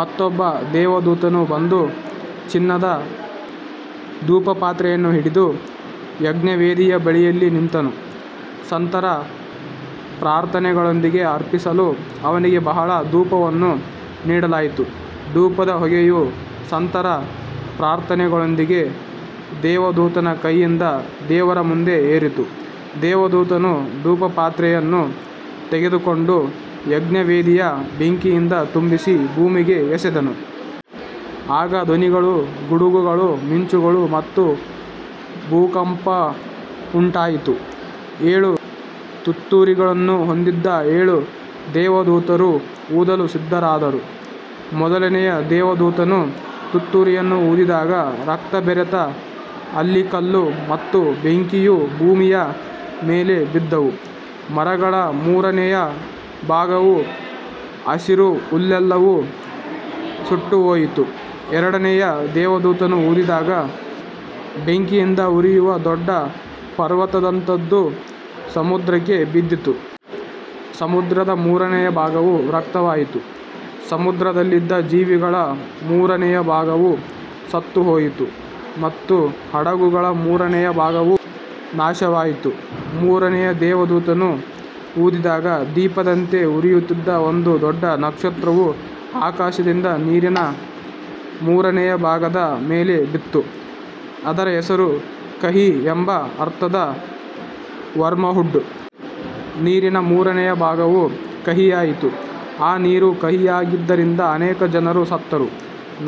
ಮತ್ತೊಬ್ಬ ದೇವದೂತನು ಬಂದು ಚಿನ್ನದ ಧೂಪಪಾತ್ರೆಯನ್ನು ಹಿಡಿದು ಯಜ್ಞವೇದಿಯ ಬಳಿಯಲ್ಲಿ ನಿಂತನು. ಸಂತರ ಪ್ರಾರ್ಥನೆಗಳೊಂದಿಗೆ ಅರ್ಪಿಸಲು ಅವನಿಗೆ ಬಹಳ ಧೂಪವನ್ನು ನೀಡಲಾಯಿತು. ಧೂಪದ ಹೊಗೆಯು ಸಂತರ ಪ್ರಾರ್ಥನೆಗಳೊಂದಿಗೆ ದೇವದೂತನ ಕೈಯಿಂದ ದೇವರ ಮುಂದೆ ಏರಿತು. ದೇವದೂತನು ಧೂಪಪಾತ್ರೆಯನ್ನು ತೆಗೆದುಕೊಂಡು ಯಜ್ಞವೇದಿಯ ಬೆಂಕಿಯಿಂದ ತುಂಬಿಸಿ ಭೂಮಿಗೆ ಎಸೆದನು. ಆಗ ಧ್ವನಿಗಳು, ಗುಡುಗುಗಳು, ಮಿಂಚುಗಳು ಮತ್ತು ಭೂಕಂಪವುಂಟಾಯಿತು. ಏಳು ತುತ್ತೂರಿಗಳನ್ನು ಹೊಂದಿದ್ದ ಏಳು ದೇವದೂತರು ಊದಲು ಸಿದ್ಧರಾದರು. ಮೊದಲನೆಯ ದೇವದೂತನು ತುತ್ತೂರಿಯನ್ನು ಊದಿದಾಗ ರಕ್ತ ಬೆರೆತ ಆಲಿಕಲ್ಲು ಮತ್ತು ಬೆಂಕಿಯು ಭೂಮಿಯ ಮೇಲೆ ಬಿದ್ದವು. ಮರಗಳ ಮೂರನೆಯ ಭಾಗವೂ ಹಸಿರು ಹುಲ್ಲೆಲ್ಲವೂ ಸುಟ್ಟುಹೋಯಿತು. ಎರಡನೆಯ ದೇವದೂತನು ಊದಿದಾಗ ಬೆಂಕಿಯಿಂದ ಉರಿಯುವ ದೊಡ್ಡ ಪರ್ವತದಂತದ್ದು ಸಮುದ್ರಕ್ಕೆ ಬಿದ್ದಿತು. ಸಮುದ್ರದ ಮೂರನೆಯ ಭಾಗವು ರಕ್ತವಾಯಿತು. ಸಮುದ್ರದಲ್ಲಿದ್ದ ಜೀವಿಗಳ ಮೂರನೆಯ ಭಾಗವು ಸತ್ತುಹೋಯಿತು ಮತ್ತು ಹಡಗುಗಳ ಮೂರನೆಯ ಭಾಗವು ನಾಶವಾಯಿತು. ಮೂರನೆಯ ದೇವದೂತನು ಊದಿದಾಗ ದೀಪದಂತೆ ಉರಿಯುತ್ತಿದ್ದ ಒಂದು ದೊಡ್ಡ ನಕ್ಷತ್ರವು ಆಕಾಶದಿಂದ ನೀರಿನ ಮೂರನೆಯ ಭಾಗದ ಮೇಲೆ ಬಿತ್ತು. ಅದರ ಹೆಸರು ಕಹಿ ಎಂಬ ಅರ್ಥದ ವರ್ಮವುಡ್. ನೀರಿನ ಮೂರನೆಯ ಭಾಗವು ಕಹಿಯಾಯಿತು. ಆ ನೀರು ಕಹಿಯಾಗಿದ್ದರಿಂದ ಅನೇಕ ಜನರು ಸತ್ತರು.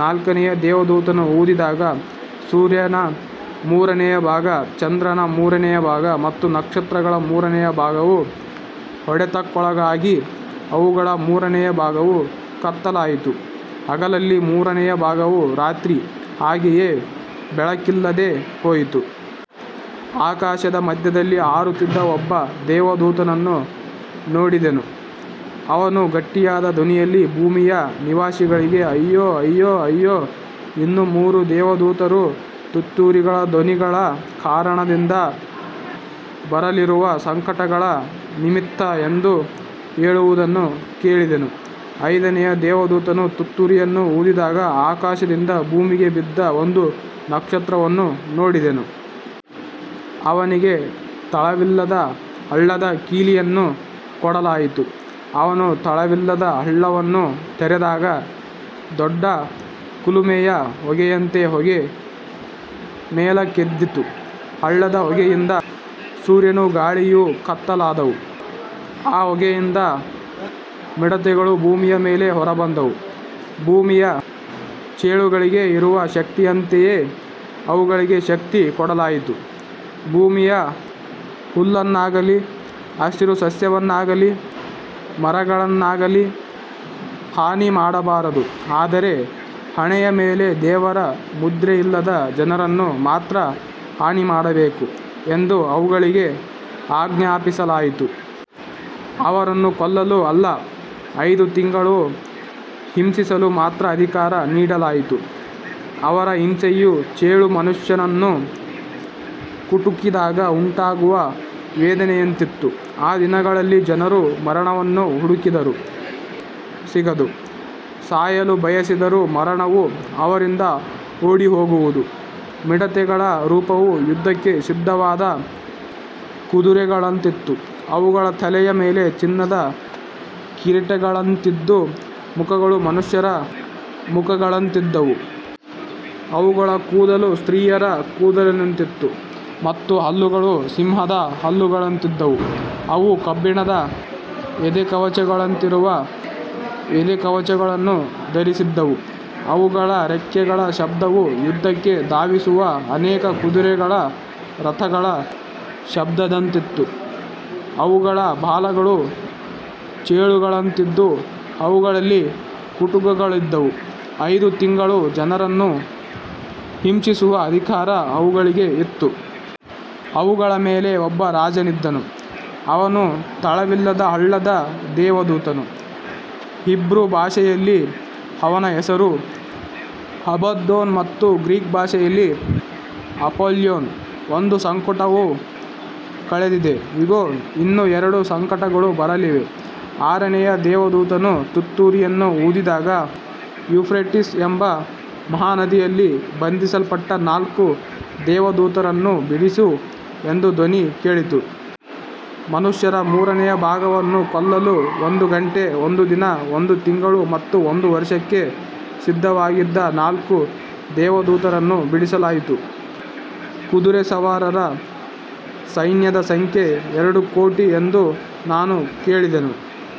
ನಾಲ್ಕನೆಯ ದೇವದೂತನು ಊದಿದಾಗ ಸೂರ್ಯನ ಮೂರನೆಯ ಭಾಗ, ಚಂದ್ರನ ಮೂರನೆಯ ಭಾಗ ಮತ್ತು ನಕ್ಷತ್ರಗಳ ಮೂರನೆಯ ಭಾಗವು ಹೊಡೆತಕ್ಕೊಳಗಾಗಿ ಅವುಗಳ ಮೂರನೆಯ ಭಾಗವು ಕತ್ತಲಾಯಿತು. ಹಗಲಿನ ಮೂರನೆಯ ಭಾಗವೂ ರಾತ್ರಿ ಹಾಗೆಯೇ ಬೆಳಕಿಲ್ಲದೆ ಹೋಯಿತು. ಆಕಾಶದ ಮಧ್ಯದಲ್ಲಿ ಹಾರುತ್ತಿದ್ದ ಒಬ್ಬ ದೇವದೂತನನ್ನು ನೋಡಿದೆನು. ಅವನು ಗಟ್ಟಿಯಾದ ಧ್ವನಿಯಲ್ಲಿ, ಭೂಮಿಯ ನಿವಾಸಿಗಳಿಗೆ ಅಯ್ಯೋ, ಅಯ್ಯೋ, ಅಯ್ಯೋ, ಇನ್ನೂ ಮೂರು ದೇವದೂತರ ತುತ್ತೂರಿಗಳ ಧ್ವನಿಗಳ ಕಾರಣದಿಂದ ಬರಲಿರುವ ಸಂಕಟಗಳ ನಿಮಿತ್ತ ಎಂದು ಹೇಳುವುದನ್ನು ಕೇಳಿದೆನು. ಐದನೆಯ ದೇವದೂತನು ತುತ್ತೂರಿಯನ್ನು ಊದಿದಾಗ ಆಕಾಶದಿಂದ ಭೂಮಿಗೆ ಬಿದ್ದ ಒಂದು ನಕ್ಷತ್ರವನ್ನು ನೋಡಿದೆನು. ಅವನಿಗೆ ತಳವಿಲ್ಲದ ಹಳ್ಳದ ಕೀಲಿಯನ್ನು ಕೊಡಲಾಯಿತು. ಅವನು ತಳವಿಲ್ಲದ ಹಳ್ಳವನ್ನು ತೆರೆದಾಗ ದೊಡ್ಡ ಕುಲುಮೆಯ ಹೊಗೆಯಂತೆ ಹೊಗೆ ಮೇಲಕ್ಕೆದ್ದಿತು. ಹಳ್ಳದ ಹೊಗೆಯಿಂದ ಸೂರ್ಯನೂ ಗಾಳಿಯೂ ಕತ್ತಲಾದವು. ಆ ಹೊಗೆಯಿಂದ ಮಿಡತೆಗಳು ಭೂಮಿಯ ಮೇಲೆ ಹೊರಬಂದವು. ಭೂಮಿಯ ಚೇಳುಗಳಿಗೆ ಇರುವ ಶಕ್ತಿಯಂತೆಯೇ ಅವುಗಳಿಗೆ ಶಕ್ತಿ ಕೊಡಲಾಯಿತು. ಭೂಮಿಯ ಹುಲ್ಲನ್ನಾಗಲಿ ಹಸಿರು ಸಸ್ಯವನ್ನಾಗಲಿ ಮರಗಳನ್ನಾಗಲಿ ಹಾನಿಮಾಡಬಾರದು, ಆದರೆ ಹಣೆಯ ಮೇಲೆ ದೇವರ ಮುದ್ರೆಯಿಲ್ಲದ ಜನರನ್ನು ಮಾತ್ರ ಹಾನಿಮಾಡಬೇಕು ಎಂದು ಅವುಗಳಿಗೆ ಆಜ್ಞಾಪಿಸಲಾಯಿತು. ಅವರನ್ನು ಕೊಲ್ಲಲು ಅಲ್ಲ, ಐದು ತಿಂಗಳು ಹಿಂಸಿಸಲು ಮಾತ್ರ ಅಧಿಕಾರ ನೀಡಲಾಯಿತು. ಅವರ ಹಿಂಸೆಯು ಚೇಳು ಮನುಷ್ಯನನ್ನು ಕುಟುಕಿದಾಗ ಉಂಟಾಗುವ ವೇದನೆಯಂತಿತ್ತು. ಆ ದಿನಗಳಲ್ಲಿ ಜನರು ಮರಣವನ್ನು ಹುಡುಕಿದರೂ ಸಿಗದು. ಸಾಯಲು ಬಯಸಿದರೂ ಮರಣವು ಅವರಿಂದ ಓಡಿಹೋಗುವುದು. ಮಿಡತೆಗಳ ರೂಪವು ಯುದ್ಧಕ್ಕೆ ಸಿದ್ಧವಾದ ಕುದುರೆಗಳಂತಿತ್ತು. ಅವುಗಳ ತಲೆಯ ಮೇಲೆ ಚಿನ್ನದ ಕಿರೀಟಗಳಂತಿದ್ದು, ಮುಖಗಳು ಮನುಷ್ಯರ ಮುಖಗಳಂತಿದ್ದವು. ಅವುಗಳ ಕೂದಲು ಸ್ತ್ರೀಯರ ಕೂದಲಿನಂತಿತ್ತು ಮತ್ತು ಹಲ್ಲುಗಳು ಸಿಂಹದ ಹಲ್ಲುಗಳಂತಿದ್ದವು. ಅವು ಕಬ್ಬಿಣದ ಎದೆಕವಚಗಳಂತಿರುವ ಎದೆಕವಚಗಳನ್ನು ಧರಿಸಿದ್ದವು. ಅವುಗಳ ರೆಕ್ಕೆಗಳ ಶಬ್ದವು ಯುದ್ಧಕ್ಕೆ ಧಾವಿಸುವ ಅನೇಕ ಕುದುರೆಗಳ ರಥಗಳ ಶಬ್ದದಂತಿತ್ತು. ಅವುಗಳ ಬಾಲಗಳು ಚೇಳುಗಳಂತಿದ್ದು, ಅವುಗಳಲ್ಲಿ ಕುಟುಕುಗಳಿದ್ದವು. ಐದು ತಿಂಗಳು ಜನರನ್ನು ಹಿಂಸಿಸುವ ಅಧಿಕಾರ ಅವುಗಳಿಗೆ ಇತ್ತು. ಅವುಗಳ ಮೇಲೆ ಒಬ್ಬ ರಾಜನಿದ್ದನು. ಅವನು ತಳವಿಲ್ಲದ ಹಳ್ಳದ ದೇವದೂತನು. ಹೀಬ್ರೂ ಭಾಷೆಯಲ್ಲಿ ಅವನ ಹೆಸರು ಅಬದ್ದೋನ್ ಮತ್ತು ಗ್ರೀಕ್ ಭಾಷೆಯಲ್ಲಿ ಅಪೊಲ್ಯೋನ್. ಒಂದು ಸಂಕಟವು ಕಳೆದಿದೆ. ಇಗೋ, ಇನ್ನೂ ಎರಡು ಸಂಕಟಗಳು ಬರಲಿವೆ. ಆರನೆಯ ದೇವದೂತನು ತುತ್ತೂರಿಯನ್ನು ಊದಿದಾಗ, ಯೂಫ್ರೇಟಿಸ್ ಎಂಬ ಮಹಾನದಿಯಲ್ಲಿ ಬಂಧಿಸಲ್ಪಟ್ಟ ನಾಲ್ಕು ದೇವದೂತರನ್ನು ಬಿಡಿಸು ಎಂದು ಧ್ವನಿ ಕೇಳಿತು. ಮನುಷ್ಯರ ಮೂರನೆಯ ಭಾಗವನ್ನು ಕೊಲ್ಲಲು ಒಂದು ಗಂಟೆ, ಒಂದು ದಿನ, ಒಂದು ತಿಂಗಳು ಮತ್ತು ಒಂದು ವರ್ಷಕ್ಕೆ ಸಿದ್ಧವಾಗಿದ್ದ ನಾಲ್ಕು ದೇವದೂತರನ್ನು ಬಿಡಿಸಲಾಯಿತು. ಕುದುರೆಸವಾರರ ಸೈನ್ಯದ ಸಂಖ್ಯೆ ಎರಡು ಕೋಟಿ ಎಂದು ನಾನು ಕೇಳಿದೆನು.